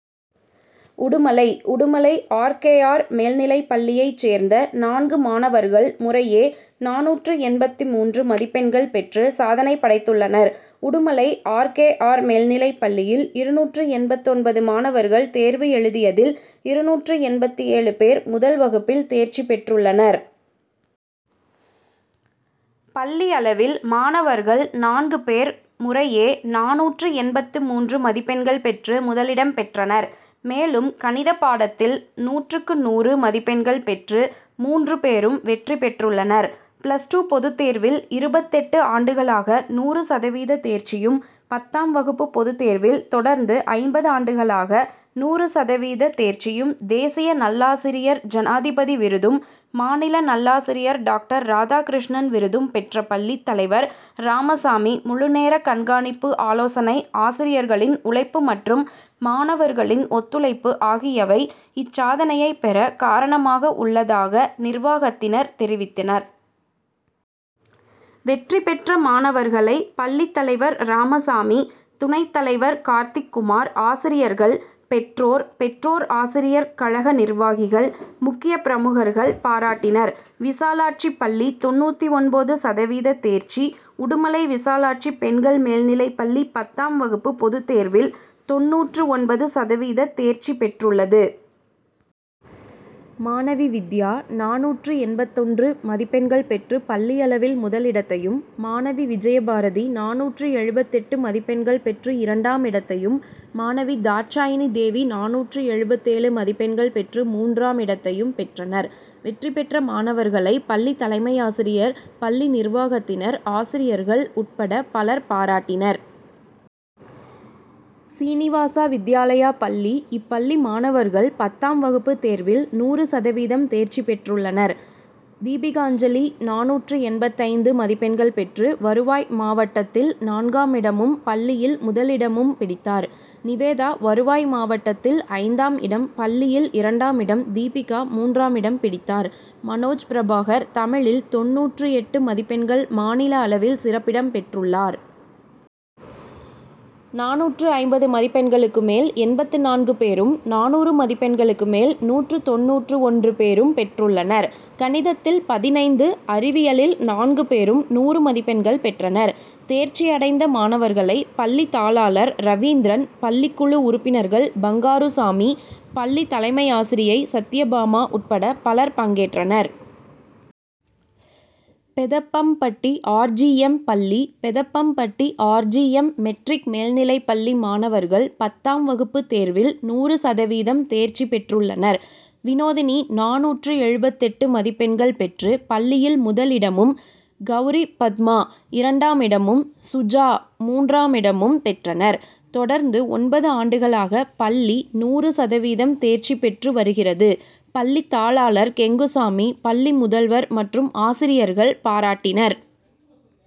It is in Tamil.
Udumalai Udumalai R. K. R., மேல்நிலைப்பள்ளியை சேர்ந்த நான்கு மாணவர்கள் முறையே நானூற்று எண்பத்து மூன்று மதிப்பெண்கள் பெற்று சாதனை படைத்துள்ளனர். உடுமலை ஆர். கே. ஆர்., மேல்நிலைப்பள்ளியில், இருநூற்று எண்பத்தொன்பது மாணவர்கள் தேர்வு எழுதியதில் இருநூற்று எண்பத்தேழு பேர் முதல் வகுப்பில் தேர்ச்சி பெற்றுள்ளனர். பள்ளி அளவில், மாணவர்கள் நான்கு பேர் முறையே நானூற்று எண்பத்து மூன்று மதிப்பெண்கள் பெற்று முதலிடம் பெற்றனர். மேலும், கணித பாடத்தில் நூறுக்கு நூறு மதிப்பெண்கள் பெற்று மூன்று பேரும் வெற்றி பெற்றுள்ளனர். பிளஸ் டூ பொதுத்தேர்வில், இருபத்தெட்டு ஆண்டுகளாக நூறு சதவீத தேர்ச்சியும், பத்தாம் வகுப்பு பொதுத்தேர்வில், தொடர்ந்து ஐம்பது ஆண்டுகளாக நூறு சதவீத தேர்ச்சியும் தேசிய நல்லாசிரியர் ஜனாதிபதி விருதும், மாநில நல்லாசிரியர் டாக்டர் ராதா கிருஷ்ணன் விருதும் பெற்ற பள்ளி தலைவர் ராமசாமி முழுநேர கண்காணிப்பு, ஆலோசனை, ஆசிரியர்களின் உழைப்பு மற்றும் மாணவர்களின் ஒத்துழைப்பு ஆகியவை இச்சாதனையை பெற காரணமாக உள்ளதாக நிர்வாகத்தினர் தெரிவித்தனர். வெற்றி பெற்ற மாணவர்களை பள்ளி தலைவர் ராமசாமி, துணைத்தலைவர் கார்த்திக்குமார், ஆசிரியர்கள், பெற்றோர், பெற்றோர் ஆசிரியர் கழக நிர்வாகிகள், முக்கிய பிரமுகர்கள் பாராட்டினர். விசாலாட்சி பள்ளி தொண்ணூற்று ஒன்பது சதவீத தேர்ச்சி உடுமலை விசாலாட்சி பெண்கள் மேல்நிலைப்பள்ளி பத்தாம் வகுப்பு பொதுத்தேர்வில், தொண்ணூற்று ஒன்பது சதவீத தேர்ச்சிபெற்றுள்ளது. மாணவி வித்யா நானூற்று எண்பத்தொன்று மதிப்பெண்கள் பெற்று பள்ளி அளவில் முதலிடத்தையும், மாணவி விஜயபாரதி நானூற்று எழுபத்தெட்டு மதிப்பெண்கள் பெற்று இரண்டாமிடத்தையும், மாணவி தாட்சாயிணி தேவி நானூற்று எழுபத்தேழு மதிப்பெண்கள் பெற்று மூன்றாமிடத்தையும் பெற்றனர். வெற்றி பெற்ற மாணவர்களை பள்ளி தலைமையாசிரியர், பள்ளி நிர்வாகத் தினர், ஆசிரியர்கள் உட்பட பலர் பாராட்டினர். சீனிவாசா வித்யாலயா பள்ளிஇப்பள்ளி மாணவர்கள் பத்தாம் வகுப்பு தேர்வில் நூறு சதவீதம் தேர்ச்சி பெற்றுள்ளனர். தீபிகாஞ்சலி நானூற்று எண்பத்தைந்து மதிப்பெண்கள் பெற்று வருவாய் மாவட்டத்தில் நான்காமிடமும், பள்ளியில் முதலிடமும் பிடித்தார். நிவேதா வருவாய் மாவட்டத்தில் ஐந்தாம் இடம், பள்ளியில் இரண்டாமிடம், தீபிகா மூன்றாமிடம் பிடித்தார். மனோஜ் பிரபாகர் தமிழிலில் தொண்ணூற்று எட்டு மதிப்பெண்கள் மாநில அளவில் சிறப்பிடம் பெற்றுள்ளார். நானூற்று ஐம்பது மதிப்பெண்களுக்கு மேல் எண்பத்து நான்கு பேரும், நானூறு மதிப்பெண்களுக்கு மேல் நூற்று தொண்ணூற்று ஒன்று பேரும் பெற்றுள்ளனர். கணிதத்தில் பதினைந்து, அறிவியலில் நான்கு பேரும் நூறு மதிப்பெண்கள் பெற்றனர். தேர்ச்சி அடைந்த மாணவர்களை பள்ளி தாளாளர் ரவீந்திரன், பள்ளிக்குழு உறுப்பினர்கள் பங்காருசாமி, பள்ளி தலைமையாசிரியை சத்யபாமா உட்பட பலர் பங்கேற்றனர். பெதப்பம்பட்டி ஆர். ஜி. எம்., பள்ளி Pethappampatti R. G. M., matric., மேல்நிலைப்பள்ளி மாணவர்கள் பத்தாம் வகுப்பு தேர்வில் நூறு சதவீதம் தேர்ச்சி பெற்றுள்ளனர். வினோதினி நானூற்று எழுபத்தெட்டு மதிப்பெண்கள் பெற்று பள்ளியில் முதலிடமும், கவுரிபத்மா, இரண்டாமிடமும், சுஜா மூன்றாமிடமும் பெற்றனர். தொடர்ந்து ஒன்பது ஆண்டுகளாக பள்ளி நூறு சதவீதம் தேர்ச்சி பெற்று வருகிறது. பள்ளி தாளாளர் கெங்குசாமி, பள்ளி முதல்வர் மற்றும் ஆசிரியர்கள் பாராட்டினர்.